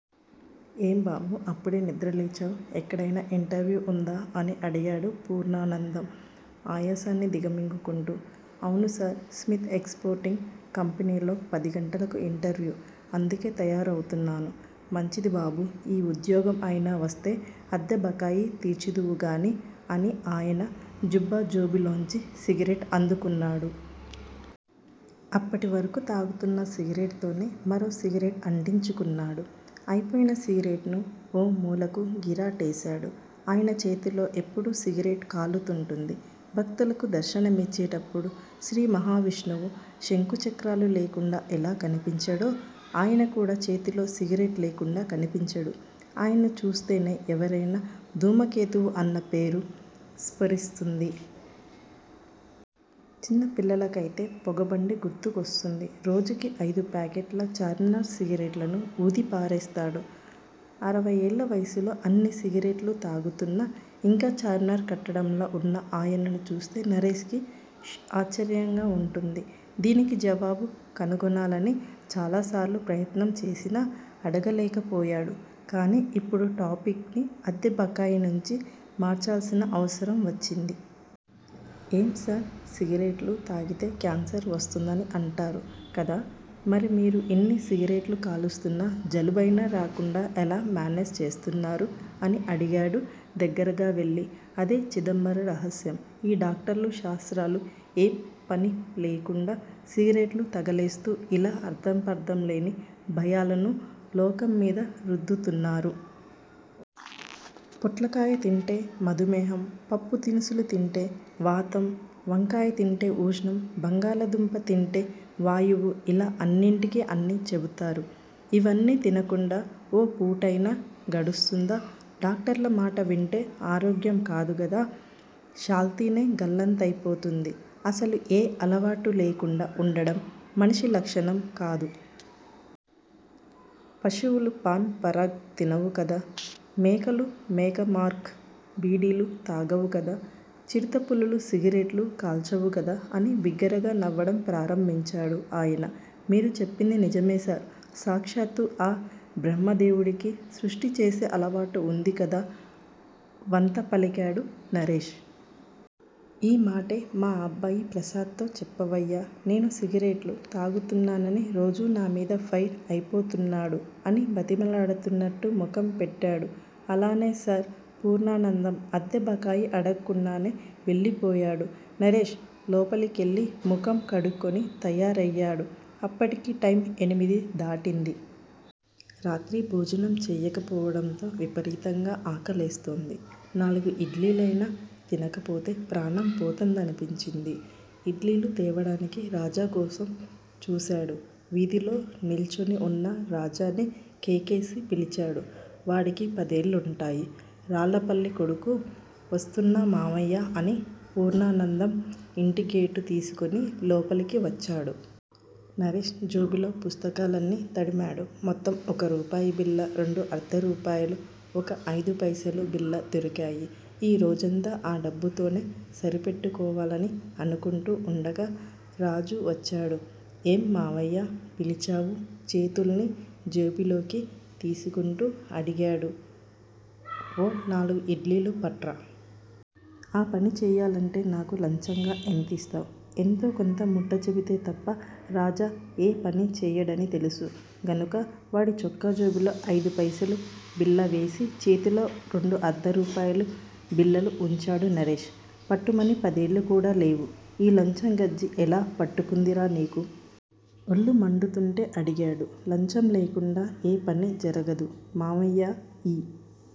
ఏం బాబూ! అప్పుడే నిద్రలేచావ్! ఎక్కడైనా ఇంటర్వ్యూ వుందా? అని అడిగాడు పూర్ణానందం ఆయాసాన్ని దిగమింగుకుంటూ. అవును సార్. స్మిత ఎక్స్ పోర్టింగ్ కంపెనీలో పదిగంటలకు ఇంటర్వ్యూ. అందుకే తయారవుతున్నాను. మంచిది బాబూ. ఈ ఉద్యోగం అయినా వస్తే అద్దె బకాయి తీర్చుదువుగానీ అని ఆయన జుబ్బా జేబులోంచి సిగరెట్ అందుకున్నాడు. అప్పటివరకు తాగుతున్న సిగరెట్ తోనే మరో సిగరెట్ అంటించుకున్నాడు. అయిపోయిన సిగరెట్ ను ఓ మూలకు గిరాటేశాడు. ఆయన చేతిలో ఎప్పుడూ సిగరెట్ కాలుతుంటుంది. భక్తులకు దర్శనమిచ్చేటప్పుడు శ్రీ మహావిష్ణువు శంఖుచక్రాలు లేకుండా ఎలా కనిపించడో ఆయన కూడా చేతిలోని సిగరెట్ లేకుండా కనిపించడు. ఆయన్ను చూస్తూనే ఎవరికైనా 'ధూమకేతువు' అన్న పేరు స్ఫరిస్తుంది. చిన్న పిల్లలకయితే పొగబండి గుర్తుకొస్తుంది. రోజుకి అయిదు ప్యాకెట్ల చార్మినార్ సిగరెట్లను వూదిపారేస్తాడు. అరవయేళ్ళ వయసులో అన్ని సిగరెట్లు తాగుతున్నా ఇంకా చార్మినార్ కట్టడంలా వున్న ఆయన్ను చూస్తే నరేష్ కి ఆశ్చర్యంగా వుంటుంది. దీనికి జవాబు కనుగొనాలని చాలాసార్లు ప్రయత్నం చేసినా అడగలేకపోయాడు. కానీ ఇప్పుడు టాపిక్ ని అద్దె బకాయి నుంచి మార్చాల్సిన అవసరం వచ్చింది. ఏం సార్! సిగరెట్లు తాగితే కాన్సర్ వస్తుందని అంటారు కదా. మరి మీరు ఇన్ని సిగరెట్లు కాలుస్తున్నా జలుబైనా రాకుండా ఎలా మేనేజ్ చేస్తున్నారు? అని అడిగాడు దగ్గరగా వెళ్ళి. అదే చిదంబర రహస్యం. ఈ డాక్టర్లు, శాస్త్రలు ఏం పని లేకుండా సిగరెట్లు తగలేస్తూ ఇలా అర్థంపర్థం లేని భయాలను లోకం మీద రుద్దుతున్నారు. పొట్లకాయ తింటే మధుమేహం, పప్పు దినుసులు తింటే వాతం, వంకాయ తింటే ఊష్ణం, బంగాళాదుంప తింటే వాయువు ఇలా అన్నిటికీ అన్నీ చెబుతారు. ఇవన్నీ తినకుండా ఓ పూటైనా గడుస్తుందా? డాక్టర్ల మాట వింటే ఆరోగ్యం కాదుగదా శాల్తీనే గల్లంతైపోతుంది. అసలు ఏ అలవాటూ లేకుండా వుండడం మనిషి లక్షణం కాదు. పశువులు పాన్ పరాగ్ తినవు కదా. మేకలు మేకమార్క్ బీడీలు తాగవు కదా. చిరుతపులులు సిగరెట్లు కాల్చవుగదా అని బిగ్గరగా నవ్వడం ప్రారంభించాడు ఆయన. మీరు చెప్పింది నిజమే సార్. సాక్షాత్తు ఆ బ్రహ్మదేవుడికి సృష్టి చేసే అలవాటు వుంది కదా వంత పలికాడు నరేష్. ఈ మాటే మా అబ్బాయి ప్రసాద్ తో చెప్పవయ్యా, నేను సిగరెట్లు తాగుతున్నానని రోజూ నామీద ఫైర్ అయిపోతున్నాడు అని బతిమాలుతున్నట్టు ముఖం పెట్టాడు. అలానే సర్ పూర్ణానందం అద్దెబకాయి అడక్కుండానే వెళ్ళిపోయాడు. నరేష్ లోపలికెళ్ళి ముఖం కడుక్కుని తయారయ్యాడు. అప్పటికి టైమ్ ఎనిమిది దాటింది. రాత్రి భోజనం చేయకపోవడంతో విపరీతంగా ఆకలేస్తోంది. నాలుగు ఇడ్లీలైనా తినకపోతే ప్రాణం పోతుందనిపించింది. ఇడ్లీలు తేవడానికి రాజా కోసం చూశాడు. వీధిలో నిల్చుని వున్న రాజాని కేకేసి పిలిచాడు. వాడికి పదేళ్లుంటాయి. రాళ్ళపల్లి కొడుకు. వస్తున్నా మామయ్యా! అని పూర్ణానందం ఇంటిగేటు తీసుకుని లోపలికి వచ్చాడు. నరేష్ జేబులో, పుస్తకాలన్నీ తడిమాడు. మొత్తం ఒక రూపాయి బిళ్ళ, రెండు అర్థరూపాయలు, ఒక ఐదుపైసలు బిళ్ళా దొరికాయి. ఈ రోజంతా ఆ డబ్బుతోనే సరిపెట్టుకోవాలని అనుకుంటూ వుండగా రాజు వచ్చాడు. ఏం మామయ్యా! పిలిచావు చేతుల్ని జేబుల్లోకి తీసుకుంటూ అడిగాడు. ఓ నాలుగు ఇడ్లీలు పట్రారా. ఆ పని చేయాలంటే నాకు లంచంగా ఎంతిస్తావ్? ఎంతో కొంత ముట్టచెబితే తప్ప రాజా ఏ పనీ చేయడని తెలుసు గనుక వాడి చొక్కా జేబులో ఐదుపైసలు బిళ్ళవేసి చేతిలో రెండు అర్థరూపాయల బిళ్ళలు వుంచాడు నరేష్. పట్టుమని పదేళ్ళు కూడా లేవు, ఈ లంచం గజ్జి ఎలా పట్టుకుందిరా నీకు? ఒళ్ళు మండుతుంటే అడిగాడు. లంచం లేకుండా ఏ పనీ జరగదు మామయ్యా. ఈ